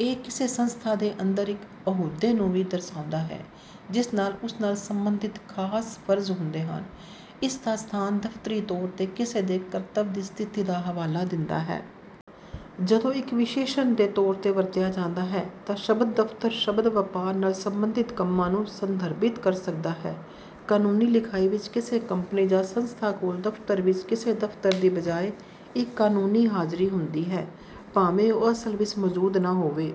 ਇਹ ਕਿਸੇ ਸੰਸਥਾ ਦੇ ਅੰਦਰ ਇੱਕ ਅਹੁਦੇ ਨੂੰ ਵੀ ਦਰਸਾਉਂਦਾ ਹੈ ਜਿਸ ਨਾਲ ਉਸ ਨਾਲ ਸੰਬੰਧਿਤ ਖਾਸ ਫਰਜ਼ ਹੁੰਦੇ ਹਨ। ਇਸ ਦਾ ਸਥਾਨ ਦਫ਼ਤਰੀ ਤੌਰ ਤੇ ਕਿਸੇ ਦੇ ਕਰਤੱਵ ਦੀ ਸਥਿਤੀ ਦਾ ਹਵਾਲਾ ਦਿੰਦਾ ਹੈ। ਜਦੋਂ ਇੱਕ ਵਿਸ਼ੇਸ਼ਣ ਦੇ ਤੌਰ ਤੇ ਵਰਤਿਆ ਜਾਂਦਾ ਹੈ ਤਾਂ ਸ਼ਬਦ ਦਫ਼ਤਰ ਸ਼ਬਦ ਵਪਾਰ ਨਾਲ ਸੰਬੰਧਿਤ ਕੰਮਾਂ ਨੂੰ ਸੰਦਰਭਿਤ ਕਰ ਸਕਦਾ ਹੈ। ਕਾਨੂੰਨੀ ਲਿਖਾਈ ਵਿੱਚ ਕਿਸੇ ਕੰਪਨੀ ਜਾਂ ਸੰਸਥਾ ਕੋਲ ਦਫ਼ਤਰਾਂ ਵਿੱਚ ਕਿਸੇ ਦਫ਼ਤਰ ਦੀ ਬਜਾਏ ਇੱਕ ਕਾਨੂੰਨੀ ਹਾਜ਼ਰੀ ਹੁੰਦੀ ਹੈ ਭਾਵੇਂ ਉਹ ਅਸਲ ਵਿੱਚ ਉਥੇ ਮੌਜੂਦ ਨਾ ਹੋਵੇ।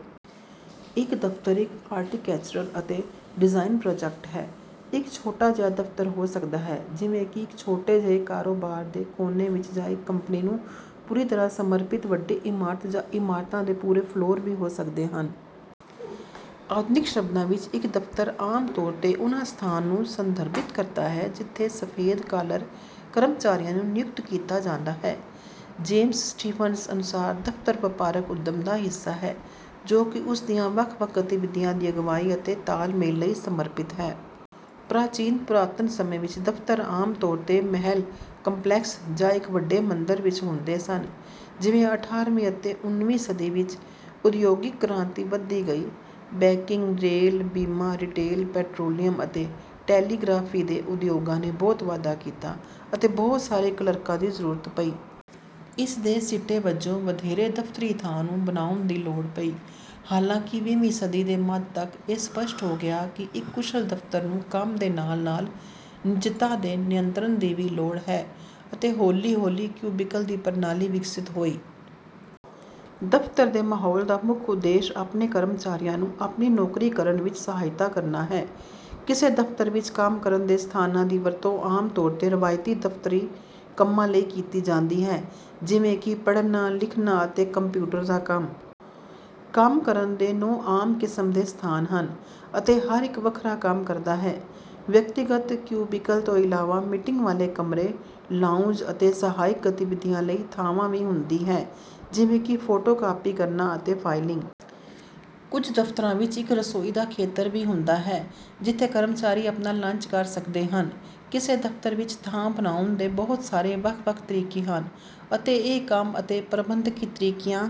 ਇੱਕ ਦਫ਼ਤਰ ਇੱਕ ਆਰਕੀਟੈਕਚਰਲ ਅਤੇ ਡਿਜ਼ਾਈਨ ਪ੍ਰਾਜੈਕਟ ਹੈ। ਇਹ ਇੱਕ ਛੋਟਾ ਜਿਹਾ ਦਫ਼ਤਰ ਹੋ ਸਕਦਾ ਹੈ ਜਿਵੇਂ ਕਿ ਇੱਕ ਛੋਟੇ ਜਿਹੇ ਕਾਰੋਬਾਰ ਦੇ ਕੋਨੇ ਵਿੱਚ ਜਾਂ ਇੱਕ ਕੰਪਨੀ ਨੂੰ ਪੂਰੀ ਤਰ੍ਹਾਂ ਸਮਰਪਿਤ ਵੱਡੀ ਇਮਾਰਤ ਜਾਂ ਇਮਾਰਤਾਂ ਦੇ ਪੂਰੇ ਫਲੋਰ ਵੀ ਹੋ ਸਕਦੇ ਹਨ। ਆਧੁਨਿਕ ਸ਼ਬਦਾਂ ਵਿੱਚ ਇੱਕ ਦਫ਼ਤਰ ਆਮ ਤੌਰ ਤੇ ਉਹਨਾਂ ਸਥਾਨ ਨੂੰ ਸੰਦਰਭਿਤ ਕਰਦਾ ਹੈ ਜਿੱਥੇ ਸਫੈਦ-ਕਾਲਰ ਕਰਮਚਾਰੀਆਂ ਨੂੰ ਨਿਯੁਕਤ ਕੀਤਾ ਜਾਂਦਾ ਹੈ। ਜੇਮਸ ਸਟੀਫਨਸਨ ਅਨੁਸਾਰ ਦਫ਼ਤਰ ਵਪਾਰਕ ਉੱਦਮ ਦਾ ਹਿੱਸਾ ਹੈ ਜੋ ਕਿ ਉਸ ਦੀਆਂ ਵੱਖ-ਵੱਖ ਗਤੀਵਿਧੀਆਂ ਦੀ ਅਗਵਾਈ ਅਤੇ ਤਾਲਮੇਲ ਲਈ ਸਮਰਪਿਤ ਹੈ। ਪ੍ਰਾਚੀਨ ਪੁਰਾਤਨ ਸਮੇਂ ਵਿੱਚ ਦਫ਼ਤਰ ਆਮ ਤੌਰ ਤੇ ਮਹਿਲ ਕੰਪਲੈਕਸ ਜਾਂ ਇੱਕ ਵੱਡੇ ਮੰਦਰ ਵਿੱਚ ਹੁੰਦੇ ਸਨ। ਜਿਵੇਂ ਅਠਾਰਵੀਂ ਅਤੇ ਉਨਵੀਂ ਸਦੀ ਵਿੱਚ ਉਦਯੋਗਿਕ ਕ੍ਰਾਂਤੀ ਵਧਦੀ ਗਈ ਬੈਂਕਿੰਗ, ਰੇਲ, ਬੀਮਾ, ਰਿਟੇਲ, ਪੈਟਰੋਲੀਅਮ ਅਤੇ ਟੈਲੀਗ੍ਰਾਫੀ ਦੇ ਉਦਯੋਗਾਂ ਨੇ ਬਹੁਤ ਵਾਧਾ ਕੀਤਾ ਅਤੇ ਬਹੁਤ ਸਾਰੇ ਕਲਰਕਾਂ ਦੀ ਜ਼ਰੂਰਤ ਪਈ। ਇਸਦੇ ਸਿੱਟੇ ਵਜੋਂ ਵਧੇਰੇ ਦਫ਼ਤਰੀ ਥਾਂ ਨੂੰ ਬਣਾਉਣ ਦੀ ਲੋੜ ਪਈ। ਹਾਲਾਂਕਿ ਵੀਹ ਵੀਂ ਸਦੀ ਦੇ ਮੱਧ ਤੱਕ ਇਹ ਸਪੱਸ਼ਟ ਹੋ ਗਿਆ ਕਿ ਇੱਕ ਕੁਸ਼ਲ ਦਫ਼ਤਰ ਨੂੰ ਕੰਮ ਦੇ ਨਾਲ ਨਾਲ ਨਿੱਜਤਾ ਦੇ ਨਿਯੰਤਰਣ ਦੀ ਵੀ ਲੋੜ ਹੈ ਅਤੇ ਹੌਲੀ ਹੌਲੀ ਕਿਊਬਿਕਲ ਦੀ ਪ੍ਰਣਾਲੀ ਵਿਕਸਿਤ ਹੋਈ। ਦਫ਼ਤਰ ਦੇ ਮਾਹੌਲ ਦਾ ਮੁੱਖ ਉਦੇਸ਼ ਆਪਣੇ ਕਰਮਚਾਰੀਆਂ ਨੂੰ ਆਪਣੀ ਨੌਕਰੀ ਕਰਨ ਵਿੱਚ ਸਹਾਇਤਾ ਕਰਨਾ ਹੈ। ਕਿਸੇ ਦਫ਼ਤਰ ਵਿੱਚ ਕੰਮ ਕਰਨ ਦੇ ਸਥਾਨਾਂ ਦੀ ਵਰਤੋਂ ਆਮ ਤੌਰ ਤੇ ਰਵਾਇਤੀ ਦਫ਼ਤਰੀ ਕੰਮਾਂ ਲਈ ਕੀਤੀ ਜਾਂਦੀ ਹੈ ਜਿਵੇਂ ਕਿ ਪੜ੍ਹਨਾ, ਲਿਖਣਾ ਅਤੇ ਕੰਪਿਊਟਰ ਦਾ ਕੰਮ। ਕੰਮ ਕਰਨ ਦੇ ਨੌਂ ਆਮ ਕਿਸਮ ਦੇ ਸਥਾਨ ਹਨ ਅਤੇ ਹਰ ਇੱਕ ਵੱਖਰਾ ਕੰਮ ਕਰਦਾ ਹੈ। ਵਿਅਕਤੀਗਤ ਕਿਊਬਿਕਲ ਤੋਂ ਇਲਾਵਾ ਮੀਟਿੰਗ ਵਾਲੇ ਕਮਰੇ, ਲਾਉਂਜ ਅਤੇ ਸਹਾਇਕ ਗਤੀਵਿਧੀਆਂ ਲਈ ਥਾਂ ਵੀ ਹੁੰਦੀ ਹੈ ਜਿਵੇਂ ਕਿ ਫੋਟੋ ਕਾਪੀ ਕਰਨਾ ਅਤੇ ਫਾਈਲਿੰਗ। ਕੁਝ ਦਫ਼ਤਰਾਂ ਵਿੱਚ ਇੱਕ ਰਸੋਈ ਦਾ ਖੇਤਰ ਵੀ ਹੁੰਦਾ ਹੈ ਜਿੱਥੇ ਕਰਮਚਾਰੀ ਆਪਣਾ ਲੰਚ ਕਰ ਸਕਦੇ ਹਨ। ਕਿਸੇ ਦਫ਼ਤਰ ਵਿੱਚ ਥਾਂ ਬਣਾਉਣ ਦੇ ਬਹੁਤ ਸਾਰੇ ਵੱਖ-ਵੱਖ ਤਰੀਕੇ ਹਨ ਅਤੇ ਇਹ ਕੰਮ ਅਤੇ ਪ੍ਰਬੰਧਕੀ ਤਰੀਕਿਆਂ